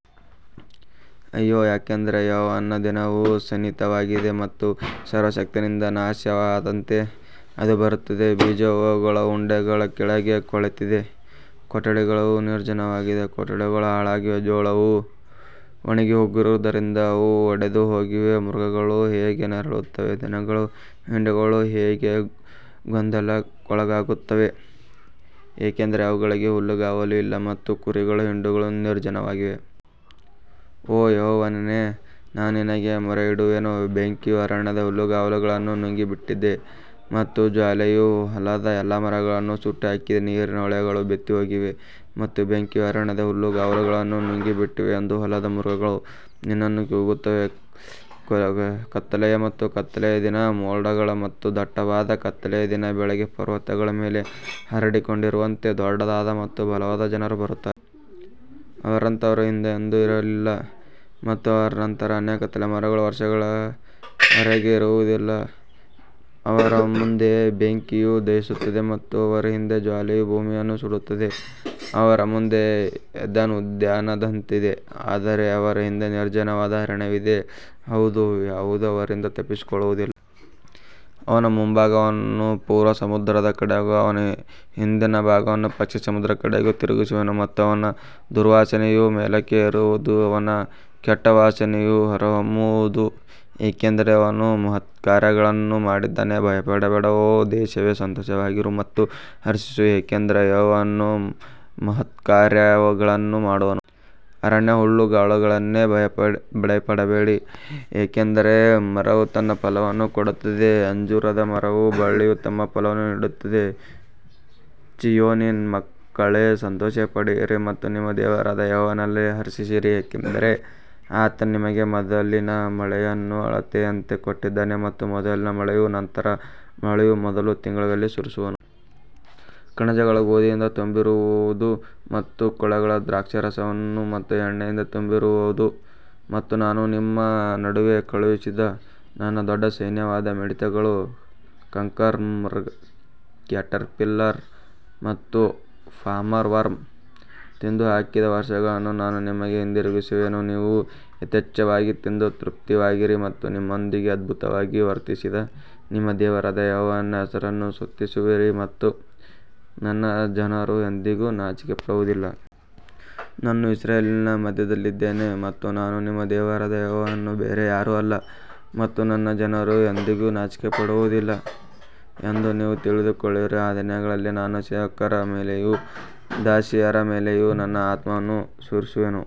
ಅಯ್ಯೋ, ಯಾಕಂದರೆ ಯೆಹೋವನ ದಿನವು ಸನ್ನಿಹಿತವಾಗಿದೆ ಮತ್ತು ಸರ್ವಶಕ್ತನಿಂದ ನಾಶನದಂತೆ ಅದು ಬರುತ್ತದೆ. ಬೀಜವು ಅವುಗಳ ಉಂಡೆಗಳ ಕೆಳಗೆ ಕೊಳೆತಿದೆ, ಕೊಠಡಿಗಳು ನಿರ್ಜನವಾಗಿವೆ, ಕೊಟ್ಟಿಗೆಗಳು ಹಾಳಾಗಿವೆ, ಜೋಳವು ಒಣಗಿಹೋಗಿರುವುದರಿಂದ ಅವು ಒಡೆದುಹೋಗಿವೆ. ಮೃಗಗಳು ಹೇಗೆ ನರಳುತ್ತವೆ, ದನಗಳ ಹಿಂಡುಗಳು ಹೇಗೆ ಗೊಂದಲಕ್ಕೊಳಗಾಗುತ್ತವೆ, ಏಕೆಂದರೆ ಅವುಗಳಿಗೆ ಹುಲ್ಲುಗಾವಲು ಇಲ್ಲ, ಮತ್ತು ಕುರಿಗಳ ಹಿಂಡುಗಳು ನಿರ್ಜನವಾಗಿವೆ. ಓ ಯೆಹೋವನೇ, ನಾನು ನಿನಗೆ ಮೊರೆಯಿಡುವೆನು, ಬೆಂಕಿಯು ಅರಣ್ಯದ ಹುಲ್ಲುಗಾವಲುಗಳನ್ನು ನುಂಗಿಬಿಟ್ಟಿದೆ ಮತ್ತು ಜ್ವಾಲೆಯು ಹೊಲದ ಎಲ್ಲಾ ಮರಗಳನ್ನು ಸುಟ್ಟುಹಾಕಿದೆ. ನೀರಿನ ಹೊಳೆಗಳು ಬತ್ತಿಹೋಗಿವೆ ಮತ್ತು ಬೆಂಕಿಯು ಅರಣ್ಯದ ಹುಲ್ಲುಗಾವಲುಗಳನ್ನು ನುಂಗಿಬಿಟ್ಟಿದೆ ಎಂದು ಹೊಲದ ಮೃಗಗಳು ನಿನ್ನನ್ನು ಕೂಗುತ್ತವೆ. ಕತ್ತಲೆಯ ಮತ್ತು ಕತ್ತಲೆಯ ದಿನ, ಮೋಡಗಳ ಮತ್ತು ದಟ್ಟವಾದ ಕತ್ತಲೆಯ ದಿನ, ಬೆಳಿಗ್ಗೆ ಪರ್ವತಗಳ ಮೇಲೆ ಹರಡಿಕೊಂಡಿರುವಂತೆ ದೊಡ್ಡದಾದ ಮತ್ತು ಬಲವಾದ ಜನರು ಬರುತ್ತಾರೆ. ಅವರಂತವರು ಹಿಂದೆ ಎಂದೂ ಇರಲಿಲ್ಲ ಮತ್ತು ಅವರ ನಂತರ ಅನೇಕ ತಲೆಮಾರುಗಳ ವರ್ಷಗಳವರೆಗೆ ಇರುವುದಿಲ್ಲ. ಅವರ ಮುಂದೆ ಬೆಂಕಿಯು ದಹಿಸುತ್ತದೆ ಮತ್ತು ಅವರ ಹಿಂದೆ ಜ್ವಾಲೆಯು ಭೂಮಿಯನ್ನು ಸುಡುತ್ತದೆ. ಅವರ ಮುಂದೆ ಏದೆನ್ ಉದ್ಯಾನದಂತಿದೆ, ಆದರೆ ಅವರ ಹಿಂದೆ ನಿರ್ಜನವಾದ ಅರಣ್ಯವಿದೆ, ಹೌದು, ಯಾವುದೂ ಅವರಿಂದ ತಪ್ಪಿಸಿಕೊಳ್ಳುವುದಿಲ್ಲ. ಅವನ ಮುಂಭಾಗವನ್ನು ಪೂರ್ವ ಸಮುದ್ರದ ಕಡೆಗೂ ಅವನ ಹಿಂದಿನ ಭಾಗವನ್ನು ಪಶ್ಚಿಮ ಸಮುದ್ರದ ಕಡೆಗೂ ತಿರುಗಿಸುವೆನು, ಮತ್ತು ಅವನ ದುರ್ವಾಸನೆಯು ಮೇಲಕ್ಕೆ ಏರುವುದು, ಅವನ ಕೆಟ್ಟ ವಾಸನೆಯು ಹೊರಹೊಮ್ಮುವುದು, ಏಕೆಂದರೆ ಅವನು ಮಹತ್ಕಾರ್ಯಗಳನ್ನು ಮಾಡಿದ್ದಾನೆ. ಭಯಪಡಬೇಡ, ಓ ದೇಶವೇ, ಸಂತೋಷವಾಗಿರು ಮತ್ತು ಹರ್ಷಿಸು, ಏಕೆಂದರೆ ಯೆಹೋವನು ಮಹತ್ಕಾರ್ಯಗಳನ್ನು ಮಾಡುವನು. ಅರಣ್ಯದ ಹುಲ್ಲುಗಾವಲುಗಳೇ, ಭಯಪಡಬೇಡಿ, ಏಕೆಂದರೆ ಮರವು ತನ್ನ ಫಲವನ್ನು ಕೊಡುತ್ತದೆ, ಅಂಜೂರದ ಮರವೂ ಬಳ್ಳಿಯೂ ತಮ್ಮ ಫಲವನ್ನು ನೀಡುತ್ತವೆ. ಚೀಯೋನಿನ ಮಕ್ಕಳೇ, ಸಂತೋಷಪಡಿರಿ ಮತ್ತು ನಿಮ್ಮ ದೇವರಾದ ಯೆಹೋವನಲ್ಲಿ ಹರ್ಷಿಸಿರಿ, ಏಕೆಂದರೆ ಆತನು ನಿಮಗೆ ಮೊದಲಿನ ಮಳೆಯನ್ನು ಅಳತೆಯಂತೆ ಕೊಟ್ಟಿದ್ದಾನೆ ಮತ್ತು ಮೊದಲಿನ ಮಳೆಯನ್ನೂ ನಂತರದ ಮಳೆಯನ್ನೂ ಮೊದಲ ತಿಂಗಳಲ್ಲಿ ಸುರಿಸುವನು. ಕಣಜಗಳು ಗೋಧಿಯಿಂದ ತುಂಬಿರುವವು ಮತ್ತು ಕೊಳಗಳು ದ್ರಾಕ್ಷಾರಸ ಮತ್ತು ಎಣ್ಣೆಯಿಂದ ತುಂಬಿರುವವು. ಮತ್ತು ನಾನು ನಿಮ್ಮ ನಡುವೆ ಕಳುಹಿಸಿದ ನನ್ನ ದೊಡ್ಡ ಸೈನ್ಯವಾದ ಮಿಡತೆಗಳು, ಕಂಕರ್ವರ್ಮ್, ಕ್ಯಾಟರ್ಪಿಲ್ಲರ್ ಮತ್ತು ಪಾಮರ್ ವರ್ಮ್ ತಿಂದುಹಾಕಿದ ವರ್ಷಗಳನ್ನು ನಾನು ನಿಮಗೆ ಹಿಂದಿರುಗಿಸುವೆನು. ನೀವು ಯಥೇಚ್ಛವಾಗಿ ತಿಂದು ತೃಪ್ತರಾಗುವಿರಿ ಮತ್ತು ನಿಮ್ಮೊಂದಿಗೆ ಅದ್ಭುತವಾಗಿ ವರ್ತಿಸಿದ ನಿಮ್ಮ ದೇವರಾದ ಯೆಹೋವನ ಹೆಸರನ್ನು ಸ್ತುತಿಸುವಿರಿ, ಮತ್ತು ನನ್ನ ಜನರು ಎಂದಿಗೂ ನಾಚಿಕೆಪಡುವುದಿಲ್ಲ. ನಾನು ಇಸ್ರಾಯೇಲಿನ ಮಧ್ಯದಲ್ಲಿದ್ದೇನೆ ಮತ್ತು ನಾನು ನಿಮ್ಮ ದೇವರಾದ ಯೆಹೋವನು, ಬೇರೆ ಯಾರೂ ಇಲ್ಲ, ಮತ್ತು ನನ್ನ ಜನರು ಎಂದಿಗೂ ನಾಚಿಕೆಪಡುವುದಿಲ್ಲ ಎಂದು ನೀವು ತಿಳಿದುಕೊಳ್ಳುವಿರಿ. ಆ ದಿನಗಳಲ್ಲಿ ನಾನು ಸೇವಕರ ಮೇಲೆಯೂ ದಾಸಿಯರ ಮೇಲೆಯೂ ನನ್ನ ಆತ್ಮವನ್ನು ಸುರಿಸುವೆನು.